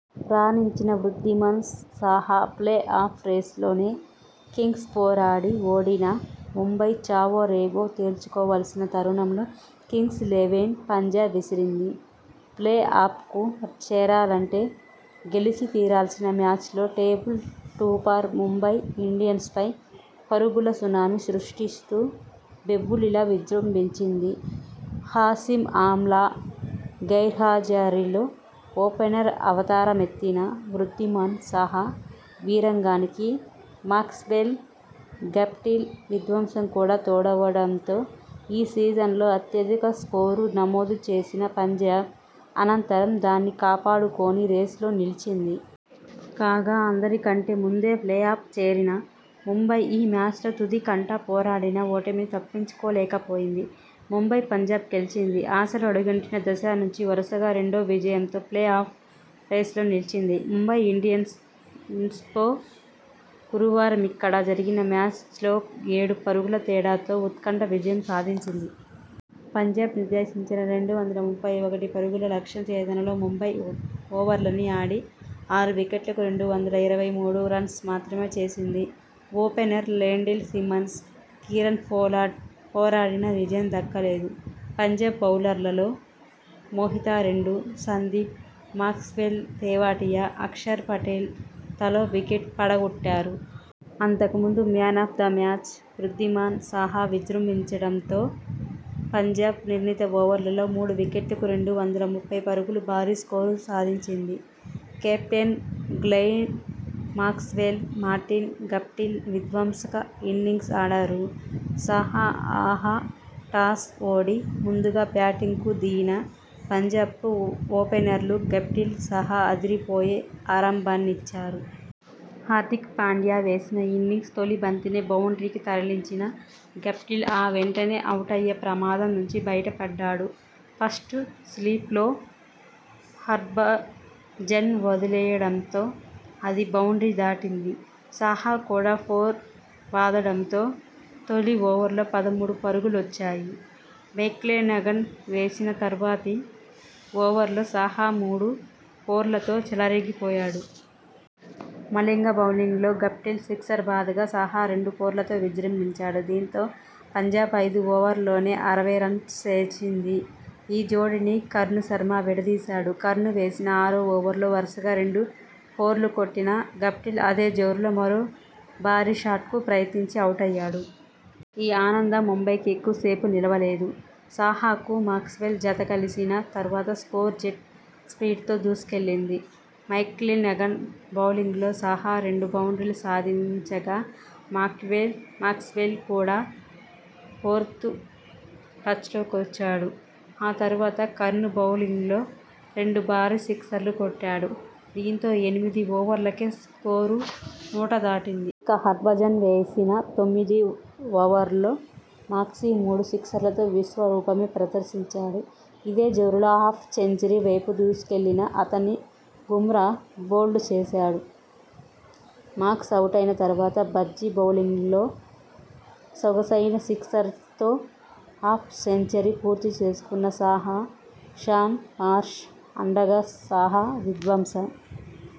రాణించిన Wriddhiman Saha play off రేసులోనే కింగ్స్పోరాడి ఓడిన ముంబై చావో రేవో తేల్చుకోవాల్సిన తరుణంలో కింగ్స్ లెవెన్ 'పంజా' విసిరింది. ప్లే ఆఫ్కు చేరాలంటే గెలిచి తీరాల్సిన మ్యాచ్లో టేబుల్ టుపర్ ముంబై ఇండియన్స్పై పరుగుల సునామీ సృష్టిస్తూ బెబ్బులిలా విజృంభించింది. హషీమ్ ఆమ్లా గైహజరీలో ఓపెనర్ అవతార మెత్తిన వృద్ధిమాన్ సాహా వీరంగానికి మాక్స్వెల్, గప్టిల్ విధ్వంసం కూడా తోడవడంతో ఈ సీజన్లో అత్యధిక స్కోరు నమోదు చేసిన పంజాబ్, అనంతరం దాన్ని కాపాడు కొని రేసులో నిలిచింది. కాగా, అందరి కంటే ముందే ప్లే ఆఫ్ చేరిన ముంబై ఈ మ్యాచ్లో తుది కంటా పోరాడినా ఓటమిని తప్పించుకోలేకపోయింది. ముంబై పంజాబ్ గెలిచింది. ఆశలు అడుగంటిన దశ నుంచి వరుసగా రెండో విజయంతో ప్లే ఆఫ్ రేసులో నిలిచింది. ముంబై ఇండియన్స్తో గురువారమిక్కడ జరిగిన మ్యాచ్లో ఏడు పరుగుల తేడాతో ఉత్కంఠ విజయం సాధించింది. పంజాబ్ నిర్దేశించిన రెండు వందల ముప్పై ఒకటి పరుగుల లక్ష్య ఛేదనలో ముంబై ఓవర్లన్నీ ఆడి ఆరు వికెట్లకు రెండు వందల ఇరవై మూడు రన్స్ మాత్రమే చేసింది. Opener Lendl Simmons, Kieron Pollard పోరాడినా విజయం దక్కలేదు. పంజాబ్ బౌలర్లలో మోహిత రెండు, సందీప్, మాక్స్వెల్, తెవాటియా, అక్షర్ పటేల్ తలో వికెట్ పడగొట్టారు. అంతకు ముందు 'man of the match' Wriddhiman Saha విజృంభించడంతో పంజాబ్ నిర్ణీత ఓవర్లలో మూడు వికెట్లకు రెండు వందల ముప్పై పరుగులు భారీ స్కోరు సాధించింది. Captain Glenn Maxwell, Martin Guptill విధ్వంసక ఇన్నింగ్స్ ఆడారు. సాహా, ఆహా టాస్ ఓడి ముందుగా బ్యాటింగ్కు దిగిన పంజాబ్కు ఓపెనర్లు గప్టిల్, సాహా అదిరి పోయే ఆరంభాన్నిచ్చారు. హార్దిక్ పాండ్యా వేసిన ఇన్నింగ్స్ తొలి బంతినే బౌండ్రీకి తరలించిన గప్టిల్ ఆ వెంటనే అవుటయ్యే ప్రమాదం నుంచి బయట పడ్డాడు. ఫస్ట్ స్లిప్లో హర్భజన్ వదిలేయడంతో అది బౌండ్రీ దాటింది. సాహా కూడా ఫోర్ బాదడంతో తొలి ఓవర్లో పదమూడు పరుగులొచ్చాయి. మెక్లెనగన్ వేసిన తర్వాతి ఓవర్లో సాహా మూడు ఫోర్లతో చెలరేగి పోయాడు. మలింగ బౌలింగ్లో గప్టిల్ సిక్సర్ బాదగా సాహా రెండు ఫోర్లతో విజృంభించాడు. దీంతో పంజాబ్ ఐదు ఓవర్లలోనే అరవై రన్స్ చేర్చింది. ఈ జోడీని కర్ణ్ శర్మ విడదీశాడు. కర్ణ్ వేసిన ఆరో ఓవర్లో వరుసగా రెండు ఫోర్లు కొట్టిన గప్టిల్ అదే జోరులో మరో భారీ షాట్కు ప్రయత్నించి అవుటయ్యాడు. ఈ ఆనందం ముంబైకి ఎక్కువ సేపు నిలవలేదు. సాహాకు మాక్స్వెల్ జతకలిసిన తర్వాత స్కోరు జెట్ స్పీడ్తో దూసుకెళ్లింది. మెక్లినగన్ బౌలింగ్లో సాహా రెండు బౌండ్రీలు సాధించగా, మాక్వేల్ మాక్స్వెల్ కూడా ఫోర్త్ టచ్లోకొచ్చాడు. ఆ తర్వాత కర్ణ్ బౌలింగ్లో రెండు భారీ సిక్సర్లు కొట్టాడు. దీంతో ఎనిమిది ఓవర్లకే స్కోరు నూట దాటింది. ఇక హర్భజన్ వేసిన తొమ్మిది ఓవర్లో మాక్సీ మూడు సిక్సర్లతో విశ్వరూపమే ప్రదర్శించాడు. ఇదే జోరులో హాఫ్ సెంచరీ వైపు దూసుకెళ్లిన అతన్ని బుమ్రా బౌల్డ్ చేశాడు. మాక్స్ అవుటైన తర్వాత భజ్జీ బౌలింగ్లో సొగసైన సిక్సర్తో హాఫ్ సెంచరీ పూర్తి చేసుకున్న సాహా, షాన్ మార్ష్ అండగా సాహా విధ్వంస